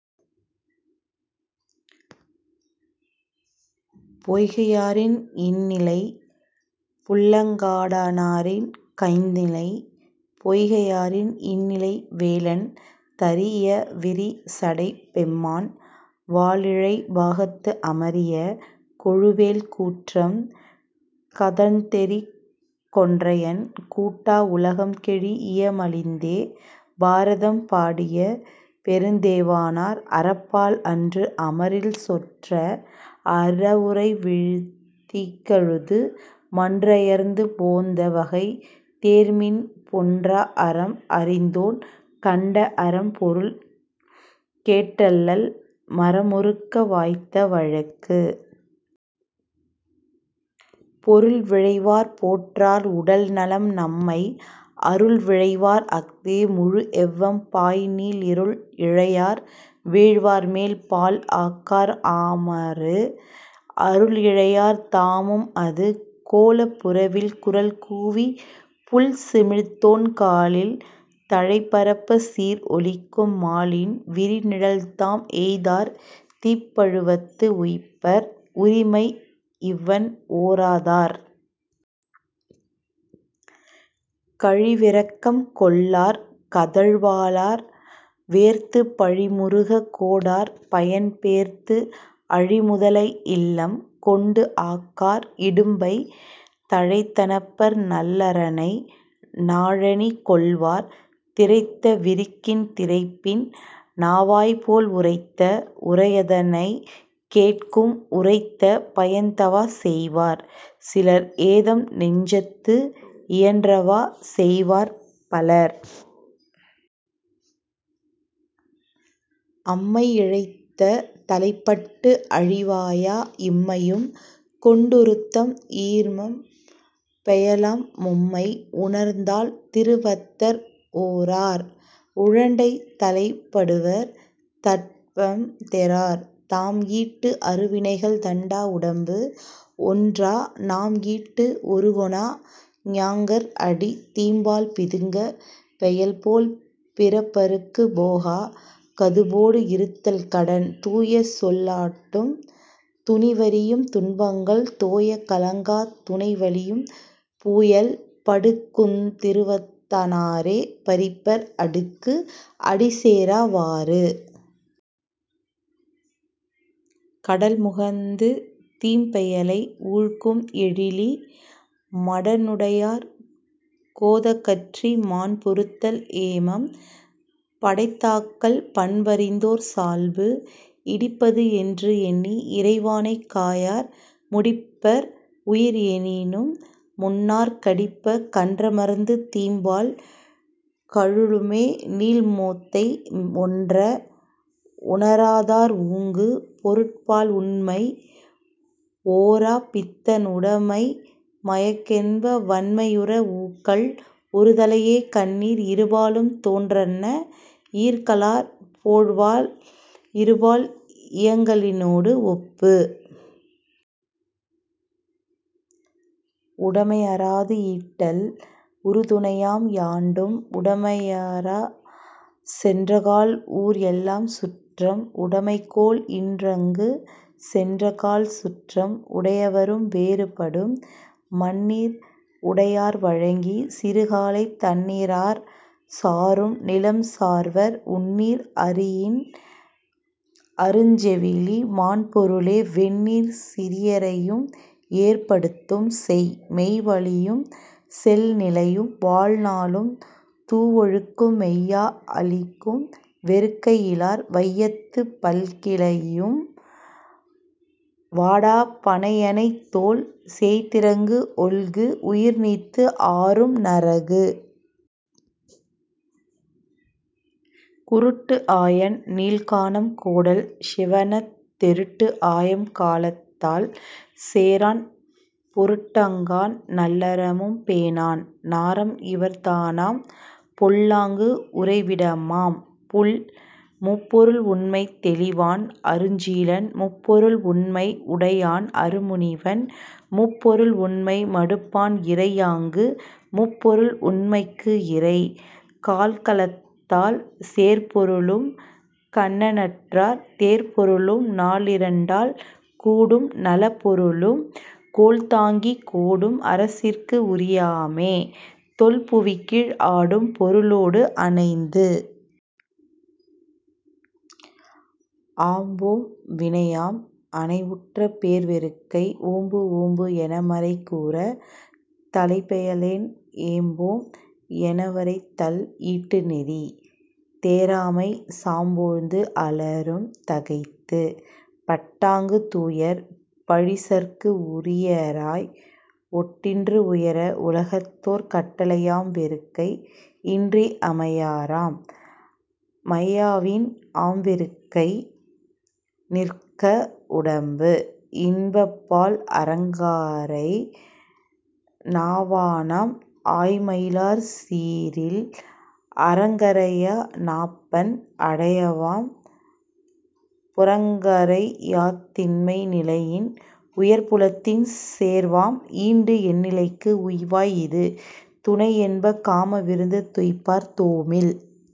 பொய்கையாரின் இன்னிலை புல்லங்காடனாரின் கைந்நிலை. பொய்கையாரின் இன்னிலை வேலன் தரீஇய விரிசடைப் பெம்மான் வாலிழை பாகத்து அமரிய கொழுவேல் கூற்றம் கதழ்ந்தெறி கொன்றையன் கூட்டா உலகம் கெழீஇய மலிந்தே. பாரதம் பாடிய பெருந்தேவனார்.. அறப்பால் அன்று அமரில் சொற்ற அறவுரை வீழ் தீக்கழுது மன்றுயர்ந்து போந்த வகை தேர்மின் பொன்றா அறம் அறிந்தோன் கண்ட அறம் பொருள் கேட்டல்லல் மறமொறுக்க வாய்த்த வழக்கு. பொருள் விழைவார் போற்றார் உடல்நலம் நம்மை அருள் விழைவார் அஃதே முழுஎவ்வம் பாய்நீல் இருள் இழையார் வீழ்வார் மேல் பால் ஆக்கார் ஆமாறு அருள்இழையார் தாமும் அது. கோலப் புறவில் குரல்கூவிப் புள்சிமிழ்த்தோன் காலில் தளைபரப்பச் சீர்ஒலிக்கும் மாலின் விரிநிழல் தாம் எய்தார் தீப்பழுவத்து உய்ப்பர் உரிமை இவண்ஓரா தார். கழிவிரக்கம் கொள்ளார் கதழ் வாளார் வேர்த்துப் பழிமுறுகக் கோடார் பயன் பேர்த்து அழிமுதலை இல்லம் கொண்டு ஆக்கார் இடும்பைத் தளை தணப்பர் நல்லறனை நாளணி கொள்வார். திரைத்த விரிக்கின் திரைப்பின் நாவாய்போல் உரைத்த உரையதனைக் கேட்கும் உரைத்த பயன்தவா செய்வார் சிலர்ஏதம் நெஞ்சத்து இயன்றவா செய்வார் பலர். அம்மை இழைத்த தலைப்பட்டு அழிவாயா இம்மையும் கொண்டுறுத்தும் ஈர்ம் பெயலாம் மும்மை உணர்ந்தால் திருவத்தர் ஓரார் உழண்டைத் தளைப்படுவர் தட்பம் தெறார். தாம்ஈட்டு அருவினைகள் தண்டா உடம்பு ஒன்றா நாம்ஈட்டு ஒறுக்கொணா ஞாங்கர்அடித் தீம்பால் பிதுங்கப் பெயல்போல் பிறப்பறுப்புப் போகா கதுப்போடு இறுத்தல் கடன். தூயசொல் லாட்டும் துணிவ றியும் துன்பங்கள் தோயக் கலங்காத் துணைவலியும் பூயல் படுக்குந் திருவத்த னாரே பறிப்பர் அடுக்கு அடிச்சேரா வாறு. கடல் முகந்து தீம்பெயலை ஊழ்க்கும் எழிலி மடனுடையார் கோதகற்றி மாண்புறுத்தல் ஏமம் படைத்தாக்கல் பண்பறிந்தோர் சால்பு. இடிப்பதுஎன்று எண்ணி இறைவானைக் காயார் முடிப்பர் உயிர்எனினும் முன்னார் கடிப்பக் கன்றமர்ந்து தீம்பால் கலுழுமே நீள் மோத்தை ஒன்ற உணராதார் ஊங்கு.. பொருட்பால் உண்மைஓராப் பித்தர் உடைமை மயக்கென்ப வண்மையுற ஊக்கல் ஒருதலையே கண்ணீர் இருபாலும் தோன்றன்ன ஈர்க்கலார் போழ்வாள் இருபால் இயங்கலினோடு ஒப்பு. உடைமைஅறாது ஈட்டல் உறுதுணையாம் யாண்டும் உடைமையராச் சென்றக்கால் ஊர்எல்லாம் சுற்றம் உடைமைக் கோல் இன்றங்குச் சென்றக்கால் சுற்றம் உடையவரும் வேறு படும். மண்ணீர் உடையார் வழங்கிச் சிறுகாலைத் தண்ணீரார் சாரும் நிலம்சார்வர் உண்ணீர் அறியின் அருஞ்செவிலி மாண்பொருளே வெண்ணீர்ச் சிறியரையும் ஏர்ப்படுத்தும் செய். மெய்வலியும் செல்நிலையும் வாழ்நாளும் தூவொழுக்கும் மெய்யா அளிக்கும் வெறுக்கைஇலார் வையத்துப் பல்கிளையும் வாடாப் பணையணை தோள் சேய்திரங்கு ஒல்குஉயிர்நீத்து ஆரும் நரகு. குருட்டுஆயன் நீள்கானம் கோடல் சிவணத் தெருட்டுஆயம் காலத்தால் சேரான் பொருட்ங்கான் நல்லறமும் பேணான் நாரம்இவர்த் தானாம் பொல்லாங்கு உறைவிடாமாம் புல். முப்பொருள் உண்மை தெளிவான் அருஞ்சீலன் முப்பொருள் உண்மை உடையான் அருமுனிவன் முப்பொருள் உண்மை மடுப்பான் இறையாங்கு முப்பொருள் உண்மைக்கு இறை. கால்கலத்தால் சேர்பொருளும் கண்ணற்றார் தேர்பொருளும் நாலிரண்டால் கூடும் நலப்பொருளும் கோல்தாங்கிக் கோடும் அரசிற்கு உரியாமே தொல்புவிக்கீழ் ஆடும் பொருளோடு அணைந்து. ஆம்போம் வினையாம் அணைவுற்ற பேர்வெறுக்கை ஓம்புஓம்பு எனமறை கூறத் தலைப்பெயலென் ஏம்போம் எனவரைதல் ஈட்டுநெறி தேராமை சாம்போழ்ந்து அலறும் தகைத்து. பட்டாங்குத் தூயர் பழிச்சற்கு உரியராய் ஒட்டின்று உயர உலகத்தோர் கட்டளை யாம்வெறுக்கை இன்றி அமையாராம் மையாவின் ஆம்வெறுக்கை நிற்க வுடம்பு.. இன்பப்பால் அறங்கரை நாவானாம் ஆய்மயிலார் சீரில் அறங்கரையா நாப்பண் அடையவாம் புறங்கரையாத் திண்மை நிலையின் உயர்புலத்தில் சேர்வாம் ஈண்டு எண்ணிலைக்கு உய்வாய் இது. துணைஎன்ப காமவிருந்து துய்ப்பார் தோமில்